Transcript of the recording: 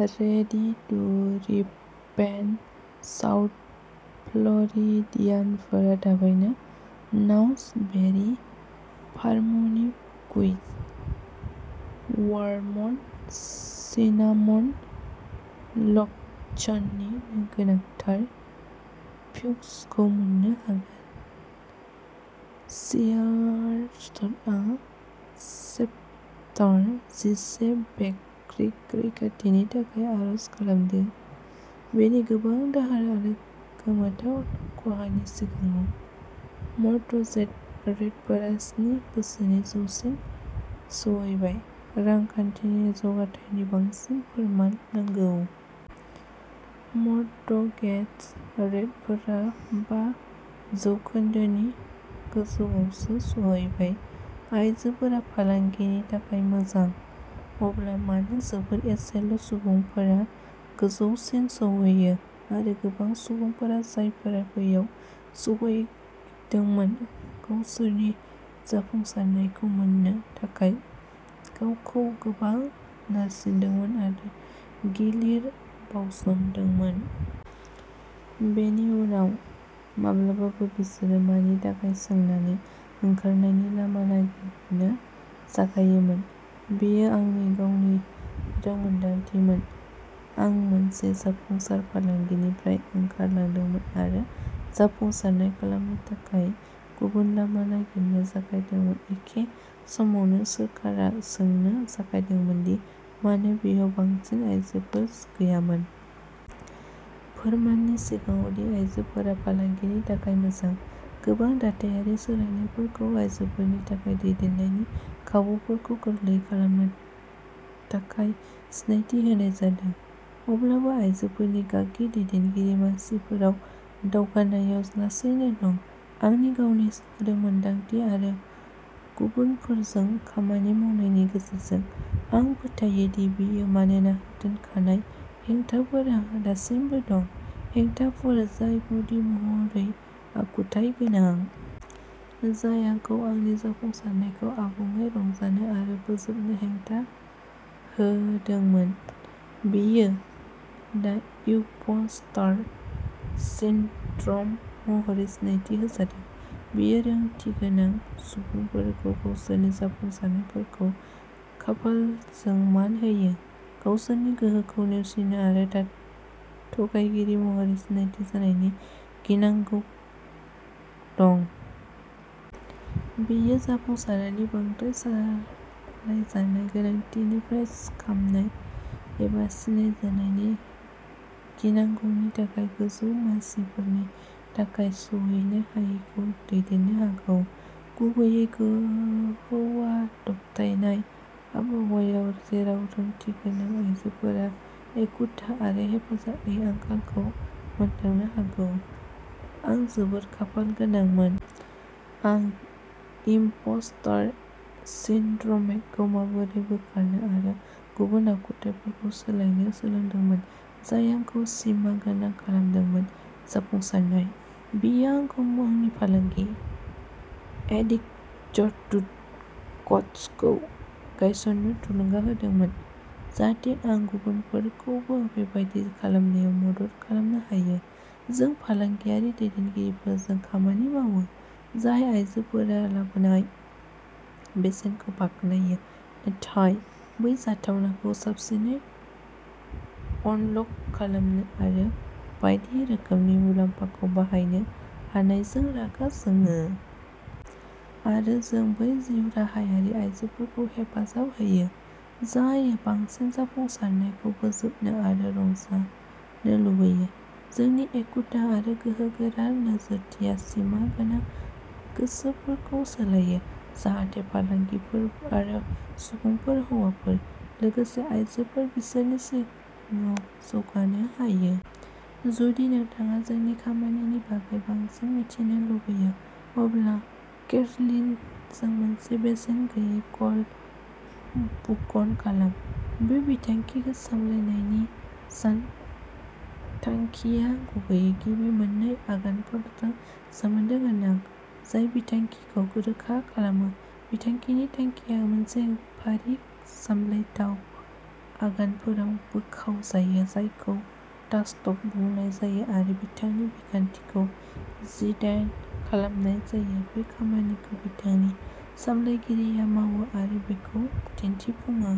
Ready to reopen south फ्ल'रिडियानफोरा थाबैनो नाउस बेरि फार्मनि गुई, वार्म सिनामन र'ल्सनि गोनांथार फिक्सखौ मोन्नो हागोन। सियार्सआ चेप्टार जिसे बेंक्रप्टि रैखाथिनि थाखाय आर'ज खालामदों, बेनि गोबां दाहार आरो गोमोथाव खहानि सिङाव। मर्टगेज रेटफोरा स्नि बोसोरनि गोजौसिम सौहैबाय, रांखान्थिनि जौगाथायनि बांसिन फोरमान नांगौ? मर्टगेज रेटफोरा बा जौखोन्दो नि गोजौआवसो सौहैबाय। आयजोफोरा फालांगिनि थाखाय मोजां। अब्ला मानो जोबोद एसेल' सुबुंफोरा गोजौसिम सौहैयो आरो गोबां सुबुंफोरा जायफोरा बैयाव सौहैदोंमोन गावसोरनि जाफुंसारनायखौ मोननो थाखाय गावखौ गोबां नारसिनदोंमोन आरो गिदिर बावसोमदोंमोन। बेनि उनाव, माब्लाबा बिसोरो मानि थाखाय सोंनानै ओंखारनायनि लामा नागिरनो जागायोमोन। बेयो आंनि गावनि रोंमोनदांथिमोन। आं मोनसे जाफुंसार फालांगिनिफ्राय ओंखारलांदोंमोन आरो जाफुंसारनाय खालामनो थाखाय गुबुन लामा नागिरनो जागायदोंमोन। एखे समावनो सोरखारा सोंनो जागायदोंमोन दि मानो बेयाव बांसिन आइजोफोर गैयामोन। फोरमाननि सिगाङाव दि आइजोफोरा फालांगिनि थाखाय मोजां। गोबां दाथायारि सोलायनायफोरखौ आइजोफोरनि थाखाय दैदेननायनि खाबुफोरखौ गोरलै खालामनो थाखाय सिनायथि होनाय जादों। अब्लाबो आइजोफोरनि गागि दैदेनगिरि मासिफोराव दावगानायआ लासैनो दं। आंनि गावनि रोंमोनदांथि आरो गुबुनफोरजों खामानि मावनायनि गेजेरजों, आं फोथायो दि बेयो मानोना दोनखोमानाय हेंथाफोरा दासिमबो दं; हेंथाफोर जाय गुदि महरै आखुथाय गोनां। जाय आंखौ आंनि जाफुंसारनायखौ आबुङै रंजानो आरो बोजबनो हेंथा होदोंमोन, बेयो दा इमपस्टार सिन्ड्रम महरै सिनायथि होजादों। बेयो रोंग'थिगोनां सुबुंफोरखौ गावसोरनि जाफुंसारनायफोरखौ खाफालजों मान होयो, गावसोरनि गोहोखौ नेवसियो आरो थगायगिरि महरै सिनायथि जानायनि गिनांगौ दं। बेयो जाफुंसारनायनि बांद्राय सालायजानाय गोनांथिनिफ्राय खामनाय एबा सिनायजानायनि गिनांगौनि थाखाय गोजौ मासिफोरनि थाखाय सौहैनो हायैखौ दैदेननो हागौ। गुबैयै हौवा दबथायनाय आबहावायाव जेराव रोंग'थिगोनां आइजोफोरा एखुथा आरो हेफाजाबनि आंखालखौ मोनदांनो हागौ। आं जोबोद खाफाल गोनांमोन। आं इमपस्टार सिन्ड्रमखौ माबोरै बोखारनो आरो गुबुन आखुथाइफोरखौ सोलायनो सोलोंदोंमोन जाय आंखौ सिमागोनां खालामदोंमोन। जाफुंसारनाय। बेयो आंखौ आंनि फालांगि, एटिट्युड कचखौ गायसन्नो थुलुंगा होदोंमोन, जाहाथे आं गुबुनफोरखौबो बेबादि खालामनायाव मदद खालामनो हायो। जों फालांगियारि दैदेनगिरिफोरजों खामानि मावो, जाय आयजोफोरा लाबोनाय बेसेनखौ बाख्नायो, नाथाय बै जाथावनाखौ साबसिनै अनलक खालामनो आरो बायदि रोखोमनि मुलाम्फाखौ बाहायनो हानायजों रागा जोङो। आरो जों बै जिउराहायारि आयजोफोरखौ हेफाजाब होयो, जाय बांसिन जाफुंसारनायखौ बोजबनो आरो रंजानो लुबैयो। जोंनि एखुथा आरो गोहोगोरा नोजोरथिया सिमा गोनां गोसोफोरखौ सोलायो, जाहाथे फालांगिफोर आरो सुबुंफोर हौवाफोर लोगोसे आयजोफोर बिसोरनि सिङाव जौगानो हायो। जुदि नोंथाङा जोंनि खामानिनि बागै बांसिन मिथिनो लुगैयो, अब्ला केर'लिनजों मोनसे बेसेन गैयै कल बुकन खालाम। बे बिथांखि सामलायनायनि सानथांखिआ गुबैयै गिबि मोन्नै आगानफोरजों सोमोन्दो गोनां, जाय बिथांखिखौ रोखा खालामो; बिथांखिनि थांखिया मोनसे फारि सामलायथाव आगानफोराव बोखावजायो, जायखौ टास्क बुंनाय जायो आरो बिथांखि बिखान्थिखौ जिडाइन खालामनाय जायो; बे खामानिखौ बिथांखि सामलायगिरिया मावो आरो बेखौ दिन्थिफुङो।